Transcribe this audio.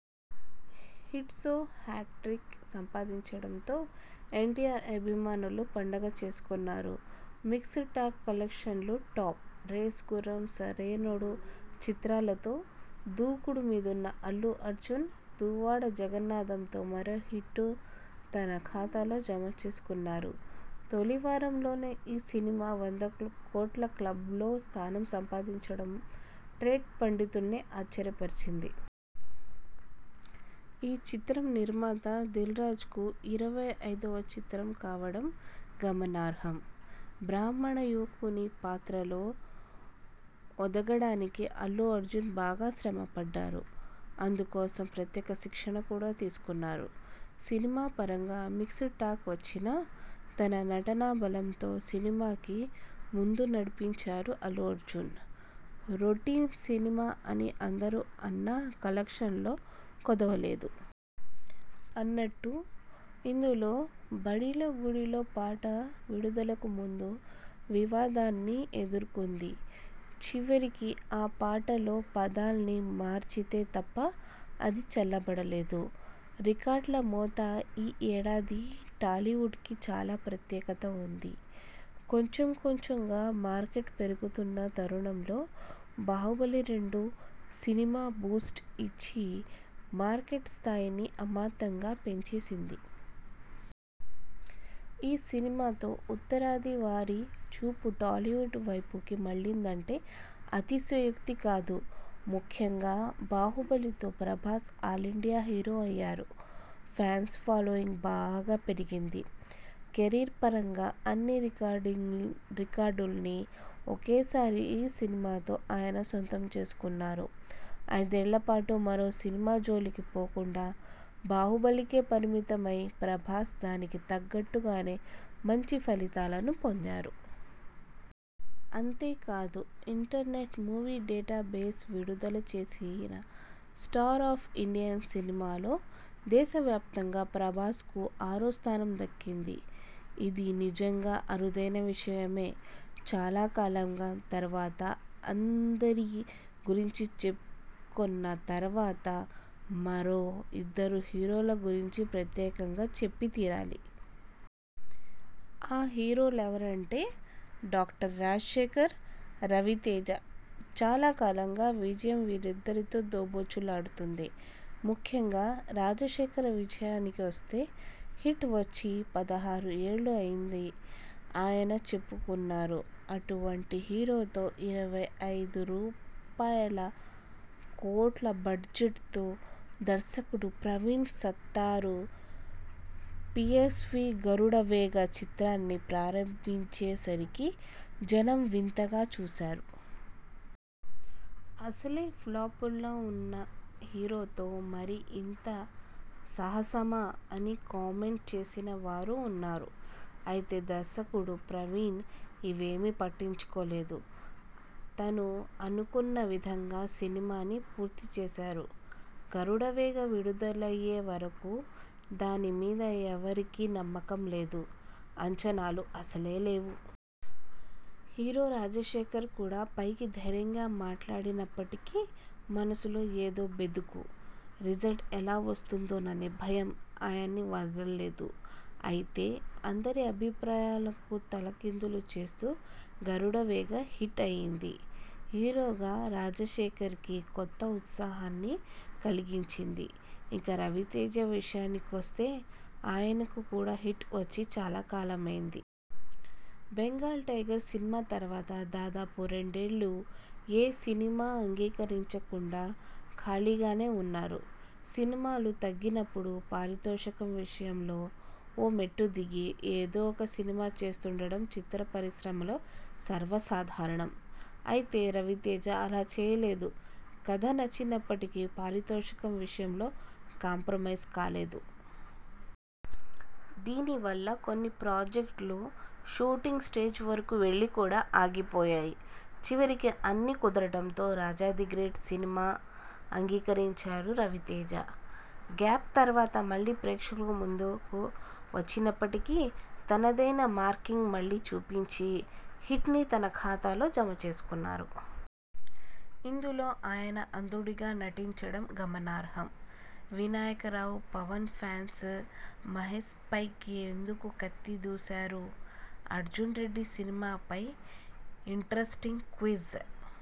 హిట్స్తో hattrick సాదించడంతో ఎన్టీఆర్ అభిమానులు పండగ చేసుకొన్నారు. మిక్స్డ్ టాక్ కలెక్షన్ లు టాప్! 'రేసుగుర్రం', 'సరైనోడు' చిత్రాలతో దూకుడు మీదున్న అల్లు అర్జున్ 'దువ్వాడ జగన్నాథమ్'తో మరో హిట్ను తన ఖాతాలో జమ చేసుకొన్నారు. తొలి వారంలోనే ఈ సినిమా వంద కోట్ల క్లబ్లో స్థానం సంపాదించడం ట్రేడ్ పండితుల్ని ఆశ్చర్యపరిచింది. ఈ చిత్రం నిర్మాత దిల్ రాజుకు ఇరవై ఐదువ చిత్రం కావడం గమనార్హం. బ్రాహ్మణ యువకుని పాత్రలో ఒదగడానికి అల్లు అర్జున్ బాగా శ్రమ పడ్డారు. అందుకోసం ప్రత్యేక శిక్షణ కూడా తీసుకొన్నారు. సినిమా పరంగా మిక్స్డ్ టాక్ వచ్చినా, తన నటనా బలంతోనే సినిమాని ముందుకు నడిపించారు అల్లు అర్జున్, రొటీన్ సినిమా అని అందరూ అన్నా కలెక్షన్లలో కొదవలేదు. అన్నట్లు ఇందులో 'బడిలో గుడిలో ' పాట విడుదలకు ముందు వివాదాన్ని ఎదుర్కొంది. చివరికి ఆ పాటలో పదాల్ని మార్చితే తప్ప అది చల్లబడలేదు. రికార్డుల మోత ఈ ఏడాది టాలీవుడ్ కి చాలా ప్రత్యేకత ఉంది. కొంచెం కొంచెంగా మార్కెట్ పెరుగుతున్న తరుణంలో 'బాహుబలి రెండు' సినిమా బూస్ట్ ఇచ్చి మార్కెట్ స్థాయిని అమాంతం పెంచేసింది. ఈ సినిమా తో ఉత్తరాది వారి చూపు టాలీవుడ్ వైపుకి మళ్లిందంటే అతిశయోక్తి కాదు. ముఖ్యంగా 'బాహుబలి' తో ప్రభాస్ ఆలిండియా హీరో అయ్యారు. ఫాన్స్ ఫాలోయింగ్ బాగా పెరిగింది. కెరీర్ పరంగా అన్ని రికార్డు రికార్డుల్నీ ఒకేసారి ఈ సినిమాతో ఆయన సొంతం చేసుకొన్నారు. ఐదేళ్ల పాటు మరో సినిమా జోలికి పోకుండా 'బాహుబలి' కే పరిమితమైన ప్రభాస్ దానికి తగ్గట్లు గానే మంచి ఫలితాలు పొందారు. అంతే కాదు ఇంటర్నెట్ మూవీ డేటా బేస్ విడుదల చేసిన 'స్టార్ ఆఫ్ ఇండియన్ సినిమా ' లో దేశవ్యాప్తంగా ప్రభాస్ కు ఆరో స్థానం దక్కింది. ఇది నిజంగా అరుదైన విషయమే. చాలా కాలం తరువాత అందరి గురించి చెప్పుకొన్న తర్వాత మరో ఇద్దరు హీరోల గురించి ప్రత్యేకంగా చెప్పి తీరాలి. ఆ హీరోలెవరంటే డాక్టర్ రాజశేఖర్, రవితేజ చాలా కాలంగా విజయం వీరిద్దరితో దోబూచులాడుతోంది. ముఖ్యంగా రాజశేఖర్ విషయానికి వస్తే హిట్ వచ్చి పదహారు ఏళ్లు అయింది ఆయనే చెప్పుకొన్నారు. అటువంటి హీరోతో ఇరవై ఐదు రూపాయల కోట్ల బడ్జెట్తో దర్శకుడు ప్రవీణ్ సత్తారు 'పీయస్వీ గరుడవేగ' చిత్రాన్ని ప్రారంభించేసరికి జనం వింతగా చూశారు. అసలే ప్లాపుల్లో ఉన్న హీరోతో మరీ ఇంత సాహసమా అని కామెంట్ చేసిన వారూ ఉన్నారు. అయితే దర్శకుడు ప్రవీణ్ ఇవేమీ పట్టించుకోలేదు. తను అనుకొన్న విధంగా సినిమాని పూర్తి చేశారు. 'గరుడవేగ' విడుదలయ్యేవరకూ దాని మీద ఎవరికీ నమ్మకం లేదు. అంచనాలు అసలే లేవు. హీరో రాజశేఖర్ కూడా పైకి ధైర్యంగా మాట్లాడినప్పటికీ మనసులో ఏదో బెరుకు, రిజల్ట్ ఎలా వాస్తుదోననే భయం ఆయన్ని వదల్లేదు. అయితే అందరి అభిప్రాయాలనూ తలకిందులు చేస్తూ 'గరుడవేగ' హిట్ అయింది. హీరోగా రాజశేఖర్కి కొత్త ఉత్సాహాన్ని కలిగించింది. ఇక రవితేజ విషయానికి వస్తే ఆయనకు కూడా హిట్ వచ్చి చాలా కాలమైంది. 'బెంగాల్ టైగర్' సినిమా తర్వాత దాదాపు రెండేళ్లు ఏ సినిమా అంగీకరించకుండా ఖాళీగానే ఉన్నారు. సినిమాలు తగ్గినప్పుడు పారితోషికం విషయంలో ఓ మెట్టు దిగి, ఏదో ఒక సినిమా చేస్తుండటం చిత్ర పరిశ్రమలో సర్వసాధారణం. అయితే రవితేజ అలా చేయలేదు. కథ నచ్చినప్పటికీ పారితోషికం విషయంలో కాంప్రమైజ్ కాలేదు. దీని వల్ల కొన్ని ప్రాజెక్టులు షూటింగ్ స్టేజ్ వరకూ వెళ్లి కూడా ఆగిపోయాయి. చివరికి అన్నీ కుదరడంతో 'రాజా ది గ్రేట్' సినిమా అంగీకరించారు రవితేజ. గ్యాప్ తర్వాత మళ్లీ ప్రేక్షకుల ముందుకు వచ్చినప్పటికీ తనదైన మార్క్ని మళ్లీ చూపించి, హిట్ని తన ఖాతాలో జమ చేసుకొన్నారు. ఇందులో ఆయన అంధునిగా నటించడం గమనార్హం. వినాయక రావు పవన్ ఫ్యాన్స్ మహేశ్పైకి ఎందుకు 'కత్తి' దూశారు? అర్జున్రెడ్డి సినిమాపై ఇంట్రెస్టింగ్ క్విజ్